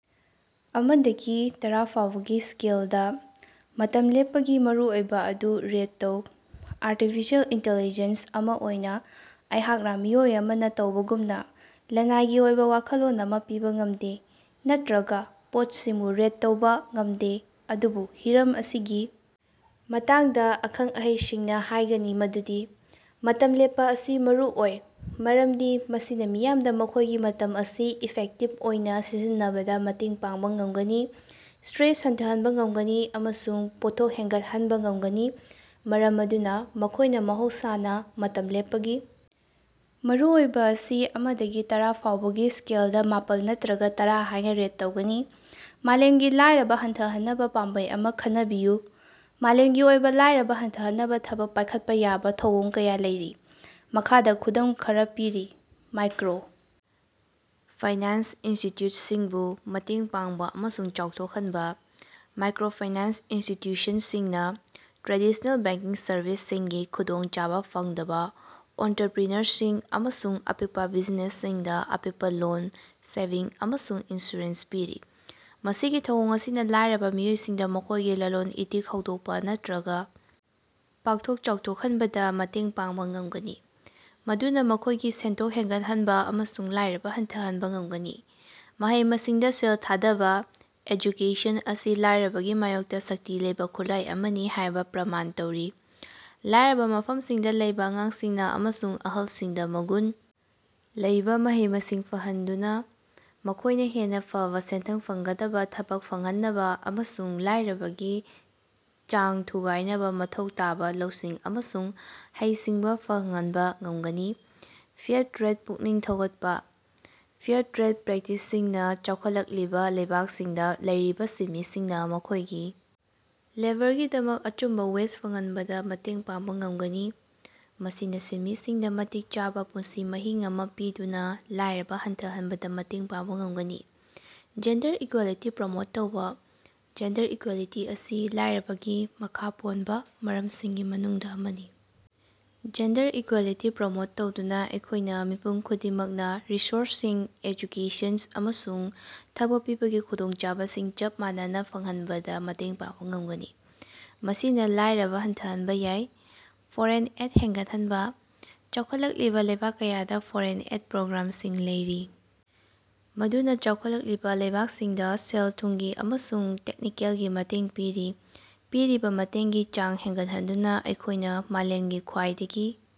ꯑꯃ ꯗꯒꯤ ꯇꯔꯥ ꯐꯥꯎꯕꯒꯤ ꯏꯁꯀꯦꯜꯗꯥ, ꯃꯇꯝ ꯂꯦꯞꯄꯒꯤ ꯃꯔꯨꯑꯣꯏꯕ ꯑꯗꯨ ꯔꯦꯠ ꯇꯧ꯫ ꯑꯥꯔꯇꯤꯐꯤꯁꯤꯑꯦꯜ ꯏꯟꯇꯦꯜꯂꯤꯒꯦꯟꯁ ꯑꯃ ꯑꯣꯏꯅꯥ ꯑꯩꯍꯥꯛꯅꯥ ꯃꯤꯑꯣꯏ ꯑꯃꯅ ꯇꯧꯕꯒꯨꯝꯅꯥ ꯂꯅꯥꯏꯒꯤ ꯑꯣꯏꯕꯥ ꯋꯥꯈꯜꯂꯣꯟ ꯑꯃ ꯄꯤꯕꯥ ꯉꯝꯗꯦ ꯅꯠꯇ꯭ꯔꯥꯒ ꯄꯣꯠꯁꯤꯡꯕꯨ ꯔꯦꯠ ꯇꯧꯕꯥ ꯉꯝꯗꯦ ꯑꯗꯨꯕꯨ ꯍꯤꯔꯝ ꯑꯁꯤꯒꯤ ꯃꯇꯥꯡꯗ ꯑꯈꯪ-ꯑꯍꯩꯁꯤꯡꯅꯥ ꯍꯥꯏꯒꯅꯤ ꯃꯗꯨꯗꯤ ꯃꯇꯝ ꯂꯦꯞꯄꯥ ꯑꯁꯤ ꯃꯔꯨꯑꯣꯏ ꯃꯔꯝꯗꯤ ꯃꯁꯤꯅꯥ ꯃꯤꯌꯥꯝꯗ ꯃꯈꯣꯏꯒꯤ ꯃꯇꯝ ꯑꯁꯤ ꯏꯐꯦꯛꯇꯤꯕ ꯑꯣꯏꯅꯥ ꯁꯤꯖꯤꯟꯅꯕꯗꯥ ꯃꯇꯦꯡ ꯄꯥꯡꯕꯥ ꯉꯝꯒꯅꯤ, ꯏꯁꯇ꯭ꯔꯦꯁ ꯍꯟꯊꯍꯟꯕ ꯉꯝꯒꯅꯤ ꯑꯃꯁꯨꯡ ꯄꯣꯠꯊꯣꯛ ꯍꯦꯟꯒꯠꯍꯟꯕꯥ ꯉꯝꯒꯅꯤ꯫ ꯃꯔꯝ ꯑꯗꯨꯅꯥ ꯃꯈꯣꯏꯅ ꯃꯍꯧꯁꯅꯥ ꯃꯇꯝ ꯂꯦꯞꯄꯒꯤ ꯃꯔꯨꯑꯣꯏꯕꯥ ꯑꯁꯤ ꯑꯃꯗꯒꯤ ꯇꯔꯥ ꯐꯥꯎꯕꯒꯤ ꯏꯁꯀꯦꯜꯗꯥ ꯃꯥꯄꯜ ꯅꯠꯇ꯭ꯔꯒ ꯇꯔꯥ ꯍꯥꯏꯅꯥ ꯔꯦꯠ ꯇꯧꯒꯅꯤ꯫ ꯃꯥꯂꯦꯝꯒꯤ ꯂꯥꯏꯔꯕꯥ ꯍꯟꯊꯍꯟꯅꯕꯥ ꯄꯥꯝꯕꯩ ꯑꯃꯥ ꯈꯟꯅꯕꯤꯌꯨ꯫ ꯃꯥꯂꯦꯝꯒꯤ ꯑꯣꯏꯕꯥ ꯂꯥꯏꯔꯕꯥ ꯍꯟꯊꯍꯟꯅꯕꯥ ꯊꯕꯛ ꯄꯥꯏꯈꯠꯄꯥ ꯌꯥꯕꯥ ꯊꯧꯑꯣꯡ ꯀꯌꯥ ꯂꯩꯔꯤ꯫ ꯃꯈꯥꯗꯥ ꯈꯨꯗꯝ ꯈꯔꯥ ꯄꯤꯔꯤ: ꯃꯥꯏꯀ꯭ꯔꯣ ꯐꯥꯏꯅꯥꯟꯁ ꯏꯟꯁꯇꯤꯇꯤꯌꯨꯠꯁꯤꯡꯕꯨ ꯃꯇꯦꯡ ꯄꯥꯡꯕꯥ ꯑꯃꯁꯨꯡ ꯆꯥꯎꯊꯣꯛꯍꯟꯕꯥ, ꯃꯥꯏꯀ꯭ꯔꯣ ꯐꯥꯏꯅꯥꯟꯁ ꯏꯟꯁꯇꯤꯇ꯭ꯌꯨꯁꯟꯁꯤꯡꯅꯥ ꯇ꯭ꯔꯦꯗꯤꯁꯅꯦꯜ ꯕꯦꯡꯀꯤꯡ ꯁꯔꯚꯤꯁꯁꯤꯡꯒꯤ ꯈꯨꯗꯣꯡꯆꯥꯕꯥ ꯐꯪꯗꯕ ꯑꯣꯟꯇꯔꯄ꯭ꯔꯤꯅꯔꯁꯤꯡ ꯑꯃꯁꯨꯡ ꯑꯄꯤꯛꯄꯥ ꯕꯤꯖꯤꯅꯦꯁꯁꯤꯡꯗꯥ ꯑꯄꯤꯛꯄꯥ ꯂꯣꯟ, ꯁꯦꯚꯤꯡ, ꯑꯃꯁꯨꯡ ꯏꯟꯁꯨꯔꯦꯟꯁ ꯄꯤꯔꯤ꯫ ꯃꯁꯤꯒꯤ ꯊꯧꯑꯣꯡ ꯑꯁꯤꯅꯥ ꯂꯥꯏꯔꯕꯥ ꯃꯤꯑꯣꯏꯁꯤꯡꯗꯥ ꯃꯈꯣꯏꯒꯤ ꯂꯂꯣꯟ-ꯏꯇꯤꯛ ꯍꯧꯗꯣꯛꯄꯥ ꯅꯠꯇ꯭ꯔꯥꯒꯥ ꯄꯥꯛꯊꯣꯛ-ꯆꯥꯎꯊꯣꯛꯍꯟꯕꯗꯥ ꯃꯇꯦꯡ ꯄꯥꯡꯕ ꯉꯃꯒꯅꯤ꯫ ꯃꯗꯨꯅꯥ ꯃꯈꯣꯏꯒꯤ ꯁꯦꯟꯊꯣꯛ ꯍꯦꯟꯒꯠꯍꯟꯕꯥ ꯑꯃꯁꯨꯡ ꯂꯥꯏꯔꯕ ꯍꯟꯊꯍꯟꯕ ꯉꯝꯒꯅꯤ꯫ ꯃꯍꯩ-ꯃꯁꯤꯡꯗꯥ ꯁꯦꯜ ꯊꯥꯗꯕ, ꯑꯦꯖꯨꯀꯦꯁꯟ ꯑꯁꯤ ꯂꯥꯏꯔꯕꯒꯤ ꯃꯥꯌꯣꯛꯇꯥ ꯁꯛꯇꯤ ꯂꯩꯕꯥ ꯈꯨꯠꯂꯥꯏ ꯑꯃꯅꯤ ꯍꯥꯏꯕꯥ ꯄ꯭ꯔꯃꯥꯟ ꯇꯧꯔꯦ꯫ ꯂꯥꯏꯔꯕꯥ ꯃꯐꯝꯁꯤꯡꯗꯥ ꯂꯩꯕꯥ ꯑꯉꯥꯡꯁꯤꯡ ꯑꯃꯁꯨꯡ ꯑꯍꯜꯁꯤꯡꯗꯥ ꯃꯒꯨꯟ ꯂꯩꯕꯥ ꯃꯍꯩ-ꯃꯁꯤꯡ ꯐꯪꯍꯟꯗꯨꯅꯥ ꯃꯈꯣꯏꯅ ꯍꯦꯟꯅ ꯐꯕ ꯁꯦꯟꯊꯪ ꯐꯪꯒꯗꯕ ꯊꯕꯛ ꯐꯪꯍꯟꯅꯕ ꯑꯃꯁꯨꯡ ꯂꯥꯏꯔꯕꯒꯤ ꯆꯥꯡ ꯊꯨꯒꯥꯏꯅꯕ ꯃꯊꯧ ꯇꯥꯕ ꯂꯧꯁꯤꯡ ꯑꯃꯁꯨꯡ ꯍꯩꯁꯤꯡꯕꯥ ꯐꯪꯍꯟꯕ ꯉꯝꯒꯅꯤ꯫ ꯐꯦꯌꯥꯔ ꯇ꯭ꯔꯦꯗ ꯄꯨꯛꯅꯤꯡ ꯊꯧꯒꯠꯄꯥ: ꯐꯦꯌꯔ ꯇ꯭ꯔꯦꯗ ꯄ꯭ꯔꯦꯛꯇꯤꯁꯁꯤꯡꯅꯥ ꯆꯥꯎꯈꯠꯂꯛꯂꯤꯕꯥ ꯂꯩꯕꯥꯛꯁꯤꯡꯗ ꯂꯩꯔꯤꯕꯥ ꯁꯤꯟꯃꯤꯁꯤꯡꯅ ꯃꯈꯣꯏꯒꯤ ꯂꯦꯕꯔꯒꯤꯗꯃꯛ ꯑꯆꯨꯝꯕ ꯋꯦꯖ ꯐꯪꯍꯟꯕꯗ ꯃꯇꯦꯡ ꯄꯥꯡꯕꯥ ꯉꯝꯒꯅꯤ꯫ ꯃꯁꯤꯅꯥ ꯁꯤꯟꯃꯤꯁꯤꯡꯗ ꯃꯇꯤꯛ ꯆꯥꯕꯥ ꯄꯨꯟꯁꯤ ꯃꯍꯤꯡ ꯑꯃ ꯄꯤꯗꯨꯅ ꯂꯥꯏꯔꯕꯥ ꯍꯟꯊꯍꯅꯕꯗꯥ ꯃꯇꯦꯡ ꯄꯥꯡꯕ ꯉꯝꯒꯅꯤ꯫ ꯖꯦꯟꯗꯔ ꯏꯀꯨꯋꯦꯂꯤꯇꯤ ꯄ꯭ꯔꯣꯃꯣꯠ ꯇꯧꯕꯥ: ꯖꯦꯟꯗꯔ ꯏꯀꯨꯋꯦꯂꯤꯇꯤ ꯑꯁꯤ ꯂꯥꯌꯔꯕꯒꯤ ꯃꯈꯥ ꯄꯣꯟꯕ ꯃꯔꯝꯁꯤꯡꯒꯤ ꯃꯅꯨꯡꯗ ꯑꯃꯅꯤ꯫ ꯖꯦꯟꯗꯔ ꯏꯀꯨꯋꯦꯂꯤꯇꯤ ꯄ꯭ꯔꯃꯣꯠ ꯇꯧꯗꯨꯅꯥ ꯑꯩꯈꯣꯌꯅ ꯃꯤꯄꯨꯝ ꯈꯨꯗꯤꯡꯃꯛꯅꯥ ꯔꯤꯁꯣꯔꯁꯁꯤꯡ, ꯑꯦꯖꯨꯀꯦꯁꯟ, ꯑꯃꯁꯨꯡ ꯊꯕꯛ ꯄꯤꯕꯒꯤ ꯈꯨꯗꯣꯡꯆꯥꯕꯁꯤꯡ ꯆꯞ ꯃꯥꯟꯅꯅ ꯐꯪꯍꯅꯕꯗ ꯃꯇꯦꯡ ꯄꯥꯡꯕ ꯉꯝꯒꯅꯤ꯫ ꯃꯁꯤꯅ ꯂꯥꯌꯔꯕ ꯍꯟꯊꯍꯟꯕꯥ ꯌꯥꯏ꯫ ꯐꯣꯔꯦꯟ ꯑꯦꯗ ꯍꯦꯟꯒꯠꯍꯟꯕꯥ: ꯆꯥꯎꯈꯠꯂꯛꯂꯤꯕꯥ ꯂꯩꯕꯥꯛ ꯀꯌꯥꯗꯥ ꯐꯣꯔꯦꯟ ꯑꯦꯗ ꯄ꯭ꯔꯣꯒ꯭ꯔꯥꯝꯁꯤꯡ ꯂꯩꯔꯤ ꯃꯗꯨꯅꯥ ꯆꯥꯎꯈꯠꯂꯛꯂꯤꯕꯥ ꯂꯩꯕꯥꯛꯁꯤꯡꯗꯥ ꯁꯦꯜ-ꯊꯨꯝꯒꯤ ꯑꯃꯁꯨꯡ ꯇꯦꯛꯅꯤꯀꯦꯜꯒꯤ ꯃꯇꯦꯡ ꯄꯤꯔꯤ꯫ ꯄꯤꯔꯤꯕꯥ ꯃꯇꯦꯡꯒꯤ ꯆꯥꯡ ꯍꯦꯟꯒꯠꯍꯟꯗꯨꯅꯥ ꯑꯩꯈꯣꯏꯅꯥ ꯃꯥꯂꯦꯝꯒꯤ ꯈ꯭ꯋꯥꯏꯗꯒꯤ